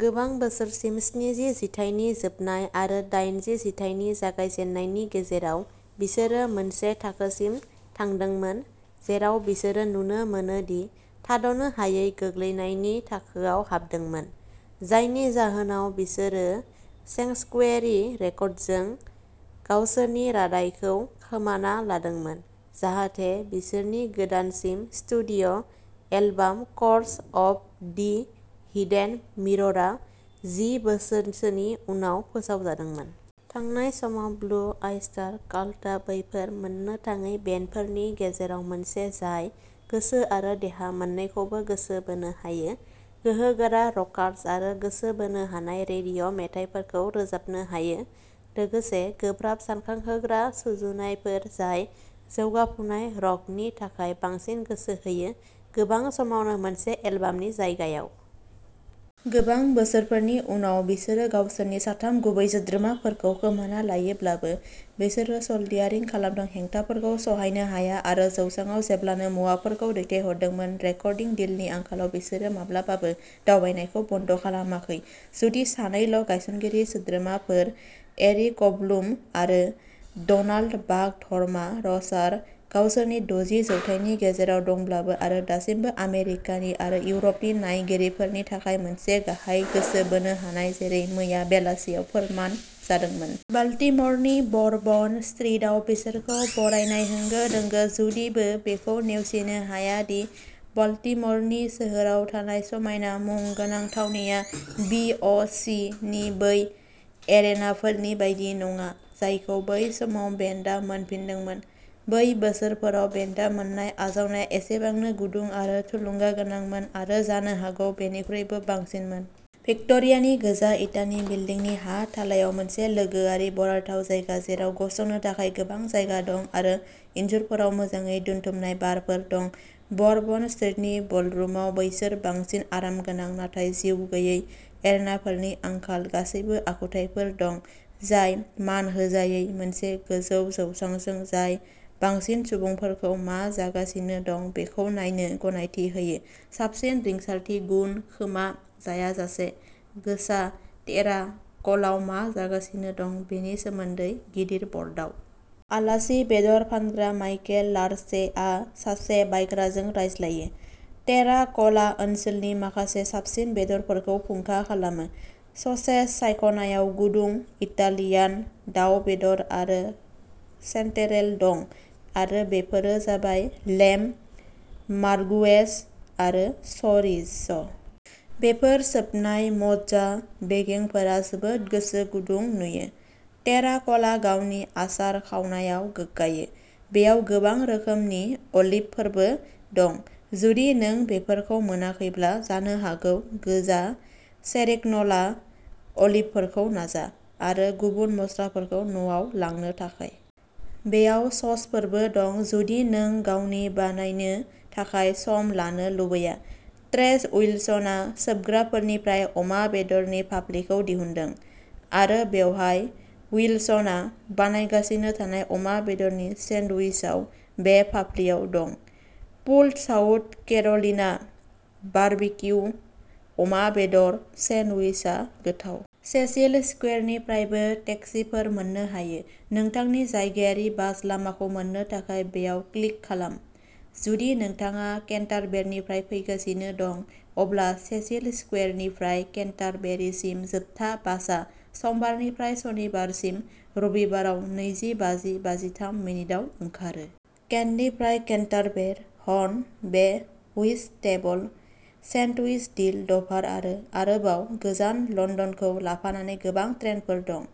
गोबां बोसोरसिम स्निजि जिथाइनि जोबनाय आरो दाइनजि जिथाइनि जागायजेन्नायनि गेजेराव बिसोरो मोनसे थाखोसिम थांदोंमोन जेराव बिसोरो नुनो मोनो दि थाद'नो हायै गोग्लैनायनि थाखोआव हाबदोंमोन। जायनि जाहोनाव बिसोरो सेंक्सुयेरि रेकर्डसजों गावसोरनि रादाइखौ खोमाना लादोंमोन जाहाथे बिसोरनि गोदानसिन studio' album course of the hidden मिररआ जि बोसोरसोनि उनाव फोसावजादोंमोन। थांनाय समाव ब्लु ऑयस्टार काल्टआ बैफोर मोननो थाङै बेन्डफोरनि गेजेराव मोनसे जाय गोसो आरो देहा मोननैखौबो गोसो बोनो हायो गोहोगोरा रकार्स आरो गोसो बोनो हानाय रेडिय' मेथाइफोरखौ रोजाबनो हायो लोगोसे गोब्राब सानखांहोग्रा सुजुनायफोर जाय जौगाफुनाय र'कनि थाखाय बांसिन गोसो होयो गोबां समावनो मोनसे एलबामनि जायगायाव। गोबां बोसोरफोरनि उनाव बिसोरो गावसोरनि साथाम गुबै सोद्रोमाफोरखौ खोमाना लायोब्लाबो बिसोरो सोल्डियारिं खालामदों हेंथाफोरखौ सहायनो हाया आरो जौसाङाव जेब्लानो मुवाफोरखौ दैथायहरदोंमोन रेकर्डिं डिलनि आंखालाव बिसोरो माब्लाबाबो दावबायनायखौ बन्द' खालामाखै जुदि सानैल' गायसनगिरि सोद्रोमाफोर एरिकब्लुम आरो डनाल्ड "बाक धर्मा" र'सार गावसोरनि दजि जौथायनि गेजेराव दंब्लाबो आरो दासिमबो आमेरिकानि आरो इउर'पनि नायगिरिफोरनि थाखाय मोनसे गाहाय गोसो बोनो हानाय जेरै मैया बेलासियाव फोरमान जादोंमोन। बाल्टिम'रनि ब'रबन स्ट्रिटआव बिसोरखौ बरायनाय होंगो-दोंगो। जुदिबो बेखौ नेवसिनो हाया दि बाल्टिम'रनि सोहोराव थानाय समायना मुं गोनां थावनिया बि. अ. सि. नि बै एरेनाफोरनि बायदि नङा जायखौ बै समाव बेन्डआ मोनफिनदोंमोन। बै बोसोरफोराव बेन्डआ मोननाय आजावनाया एसेबांनो गुदुं आरो थुलुंगागोनांमोन आरो जानो हागौ बेनिख्रुइबो बांसिनमोन। भिक्ट'रियानि गोजा इटानि बिल्डिंनि हा थालायाव मोनसे लोगोआरि बरायथाव जायगा जेराव गसंनो थाखाय गोबां जायगा दं आरो इनजुरफोराव मोजाङै दोनथुमनाय बारफोर दं ब'रबन स्ट्रिटनि बलरुमाव बैसोर बांसिन आरामगोनां नाथाय जिउ गैयै एरेनाफोरनि आंखाल गासैबो आखुथायफोर दं जाय मानहोजायै मोनसे गोजौ जौसांजों जाय बांसिन सुबुंफोरखौ मा जागासिनो दं बेखौ नायनो गनायथि होयो साबसिन रिंसारथि गुन खोमा जायाजासे गोसा टेरा क'लआव मा जागासिनो दं बेनि सोमोन्दै गिदिर बर्डआव। आलासि बेदर फानग्रा माइकेल लार'चे आ सासे बायग्राजों रायज्लायो। टेरा क'लआ ओनसोलनि माखासे साबसिन बेदरफोरखौ फुंखा खालामो। ससेज सायख'नायाव गुदुं इटालियान दाव बेदर आरो चेन्टेरेल दं आरो बेफोरो जाबाय लेम्ब मार्गुएज आरो च'रिज'। बेफोर सोबनाय मज्जा बेगेंफोरा जोबोद गोसो गुदुं नुयो। टेरा क'लआ गावनि आसार-खावनायाव गोग्गायो। बेयाव गोबां रोखोमनि अलिभफोरबो दं। जुदि नों बेफोरखौ मोनाखैब्ला जानो हागौ गोजा सेरिग्न'ला अलिभफोरखौ नाजा। आरो गुबुन मस्लाफोरखौ न'आव लांनो थाखाय। बेयाव ससफोरबो दं जुदि नों गावनि बानायनो थाखाय सम लानो लुबैया। ट्रेस उइलसनआ सोबग्राफोरनिफ्राय अमा बेदरनि फाफ्लिखौ दिहुनदों। आरो बेवहाय विल्सनआ बानायगासिनो थानाय अमा बेदरनि सेन्डविचआव बे फाफ्लिआव दं। "पुल्ड साउथ केर'लिना बारबिक्यु अमा बेदर" सेन्डविचआ गोथाव। सेसिल स्कुवेरनिफ्रायबो टेक्सिफोर मोननो हायो। नोंथांनि जायगायारि बास लामाखौ मोननो थाखाय बेयाव क्लिक खालाम। जुदि नोंथाङा केन्टारबेरनिफ्राय फैगासिनो दं अब्ला सेसिल स्कुवेरनिफ्राय केन्टारबेरिसिम जोबथा बासआ समबारनिफ्राय सनिबारसिम रबिबाराव नैजि बाजि बाजिथाम मिनिटआव ओंखारो। केन्टनिफ्राय केन्टारबेर, हर्न बे, व्हिटस्टेबल, सेन्डविच, डील, डभार आरो आरोबाव गोजान लन्दनखौ लाफानानै गोबां ट्रेनफोर दं।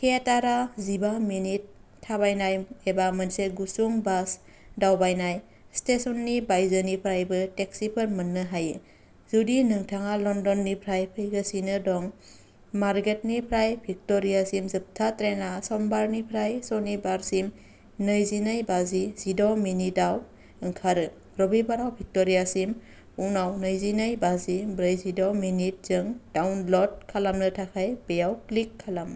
थियेटारा जिबा मिनिट थाबायनाय एबा मोनसे गुसुं बास दावबायनाय, स्टेशननि बायजोनिफ्रायबो टेक्सिफोर मोननो हायो। जुदि नोंथाङा लन्दननिफ्राय फैगासिनो दं मार्गेटनिफ्राय भिक्ट'रियासिम जोबथा ट्रेनआ समबारनिफ्राय सनिबारसिम नैजिनै बाजि जिद' मिनिट आव ओंखारो, रबिबाराव भिक्ट'रियासिम उनाव नैजिनै बाजि ब्रैजिद' मिनिट जों डाउनल'ड खालामनो थाखाय बेयाव क्लिक खालाम।